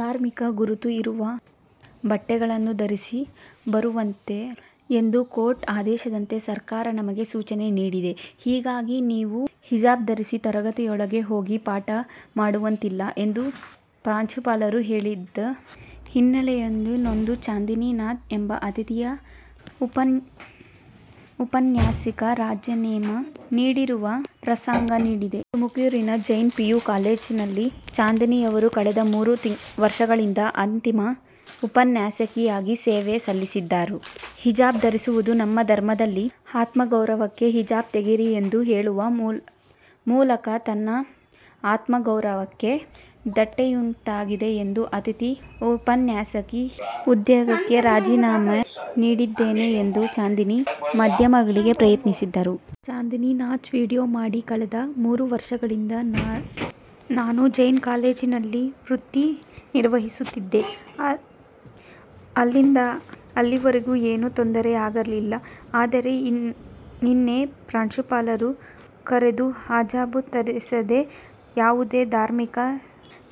ಧಾರ್ಮಿಕ ಗುರುತು ಇರುವ ಬಟ್ಟೆಗಳನ್ನು ಧರಿಸಿ ಬರುವಂತಿಲ್ಲ ಎಂದು ಕೋರ್ಟ್ ಆದೇಶದಂತೆ ಸರ್ಕಾರ ನಮಗೆ ಸೂಚನೆ ನೀಡಿದೆ, ಹೀಗಾಗಿ ನೀವು ಹಿಜಾಬ್ ಧರಿಸಿ ತರಗತಿಯೊಳಗೆ ಹೋಗಿ ಪಾಠ ಮಾಡುವಂತಿಲ್ಲ ಎಂದು ಪ್ರಾಂಶುಪಾಲರು ಹೇಳಿದ ಹಿನ್ನೆಲೆಯಲ್ಲಿ ನೊಂದು ಚಾಂದಿನಿ ನಾಜ್ ಎಂಬ ಅತಿಥಿ ಉಪನ್ಯಾಸಕಿ ರಾಜೀನಾಮೆ ನೀಡಿರುವ ಪ್ರಸಂಗ ನಡೆದಿದೆ. ತುಮಕೂರಿನ ಜೈನ್ ಪಿಯು ಕಾಲೇಜಿನಲ್ಲಿ ಚಾಂದಿನಿಯವರು ಕಳೆದ ಮೂರು ವರ್ಷಗಳಿಂದ ಅತಿಥಿ ಉಪನ್ಯಾಸಕಿಯಾಗಿ ಸೇವೆ ಸಲ್ಲಿಸುತ್ತಿದ್ದರು. ಹಿಜಾಬ್ ಧರಿಸುವುದು ನಮ್ಮ ಧರ್ಮದಲ್ಲಿ ಆತ್ಮಗೌರವಕ್ಕೆ, ಹಿಜಾಬ್ ತೆಗೆಯಿರಿ ಎಂದು ಹೇಳುವ ಮೂಲಕ ನನ್ನ ಆತ್ಮಗೌರವಕ್ಕೆ ಧಕ್ಕೆಯುಂಟಾಗಿದೆ ಎಂದು ಅತಿಥಿ ಉಪನ್ಯಾಸಕಿ ಹುದ್ದೆಗೆ ರಾಜೀನಾಮೆ ನೀಡಿದ್ದೇನೆ ಎಂದು ಚಾಂದಿನಿ ಮಾಧ್ಯಮಗಳಿಗೆ ಪ್ರತಿಕ್ರಿಯಿಸಿದ್ದಾರೆ. ಚಾಂದಿನಿ ನಾಜ್ ವಿಡಿಯೊ ಮಾಡಿ ಕಳೆದ ಮೂರು ವರ್ಷಗಳಿಂದ ನಾನು ಜೈನ್ ಕಾಲೇಜಿನಲ್ಲಿ ವೃತ್ತಿ ನಿರ್ವಹಿಸುತ್ತಿದ್ದೆ. ಅಲ್ಲಿಂದ ಇಲ್ಲಿವರೆಗೂ ಏನೂ ತೊಂದರೆ ಆಗಿರಲಿಲ್ಲ. ಆದರೆ ನಿನ್ನೆ ಪ್ರಾಂಶುಪಾಲರು ಕರೆದು ಹಿಜಾಬ್ ಸೇರಿದಂತೆ ಯಾವುದೇ ಧಾರ್ಮಿಕ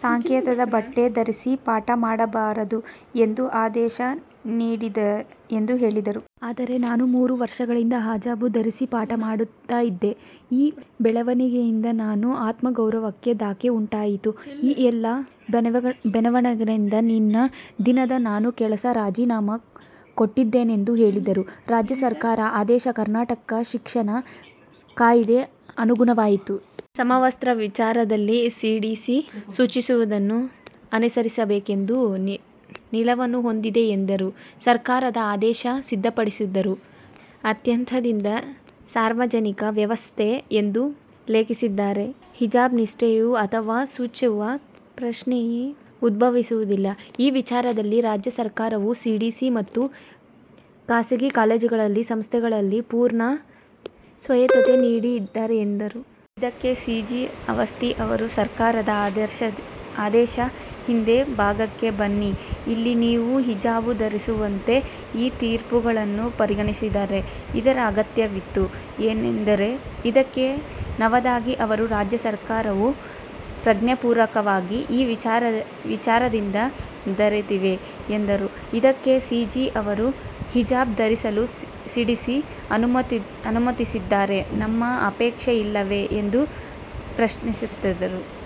ಸಂಕೇತದ ಬಟ್ಟೆ ಧರಿಸಿ ಪಾಠ ಮಾಡಬಾರದು ಎಂದು ಆದೇಶ ಬಂದಿದೆ ಎಂದು ಹೇಳಿದ್ದರು. ಆದರೆ ನಾನು ಮೂರು ವರ್ಷದಿಂದ ಹಿಜಾಬ್ ಧರಿಸಿಯೇ ಪಾಠ ಮಾಡ್ತಾ ಇದ್ದೆ. ಈ ಬೆಳವಣಿಗೆಯಿಂದಾಗಿ ನನ್ನ ಆತ್ಮಗೌರಕ್ಕೆ ಧಕ್ಕೆ ಉಂಟಾಯಿತು. ಈ ಎಲ್ಲ ಬೆಳವಣಿಗೆಯಿಂದ ನಿನ್ನೆ ದಿನ ನನ್ನ ಕೆಲಸಕ್ಕೆ ರಾಜಿನಾಮೆ ಕೊಟ್ಟಿದ್ದೇನೆ ಎಂದು ಹೇಳಿದ್ದಾರೆ. ರಾಜ್ಯ ಸರ್ಕಾರ ಆದೇಶ ಕರ್ನಾಟಕ ಶಿಕ್ಷಣ ಕಾಯಿದೆಗೆ ಅನುಗುಣವಾಗಿದೆ. ಸಮವಸ್ತ್ರದ ವಿಚಾರದಲ್ಲಿ ಸಿಡಿಸಿ ಸೂಚಿಸುವುದನ್ನು ಅನುಸರಿಸಬೇಕು ಎಂಬ ನಿಲುವನ್ನು ಹೊಂದಿದೆ ಎಂದರು. ಸರ್ಕಾರದ ಆದೇಶ ಸಿದ್ಧಪಡಿಸಿದವರು ಅತ್ಯುತ್ಸಾಹದಿಂದ ಸಾರ್ವಜನಿಕ ಸುವ್ಯವಸ್ಥೆ ಎಂದು ಉಲ್ಲೇಖಿಸಿದ್ದಾರೆ. ಹಿಜಾಬ್ ನಿಷೇಧಿಸುವ ಅಥವಾ ಸೂಚಿಸುವ ಪ್ರಶ್ನೆಯೇ ಉದ್ಭವಿಸುವುದಿಲ್ಲ. ಈ ವಿಚಾರದಲ್ಲಿ ರಾಜ್ಯ ಸರ್ಕಾರವು ಸಿಡಿಸಿ ಮತ್ತು ಖಾಸಗಿ ಕಾಲೇಜುಗಳ ಸಂಸ್ಥೆಗಳಿಗೆ ಸಂಪೂರ್ಣ ಸ್ವಾಯತ್ತತೆ ನೀಡಿದೆ ಎಂದರು. ಇದಕ್ಕೆ ಸಿಜೆ ಅವಸ್ಥಿ ಅವರು 'ಸರ್ಕಾರದ ಆದೇಶದ ಹಿಂದಿನ ಭಾಗಕ್ಕೆ ಬನ್ನಿ. ಇಲ್ಲಿ ನೀವು ಹಿಜಾಬ್ಗೆ ಸಂಬಂಧಿಸಿದಂತೆ ಈ ತೀರ್ಪುಗಳನ್ನು ಪರಿಗಣಿಸಿದ್ದೀರಿ. ಇದರ ಅಗತ್ಯವೇನಿತ್ತು? ' ಎಂದರು. ಇದಕ್ಕೆ ನಾವದಗಿ ಅವರು 'ರಾಜ್ಯ ಸರ್ಕಾರವು ಪ್ರಜ್ಞಾಪೂರ್ವಕವಾಗಿ ಈ ವಿಚಾರದಿಂದ ದೂರವಿದೆ' ಎಂದರು. ಇದಕ್ಕೆ ಸಿಜೆ ಅವರು 'ಹಿಜಾಬ್ ಧರಿಸಲು ಸಿಡಿಸಿ ಅನುಮತಿಸಿದರೆ ನಿಮ್ಮ ಆಕ್ಷೇಪ ಇಲ್ಲವೇ' ಎಂದು ಪ್ರಶ್ನಿಸಿತು.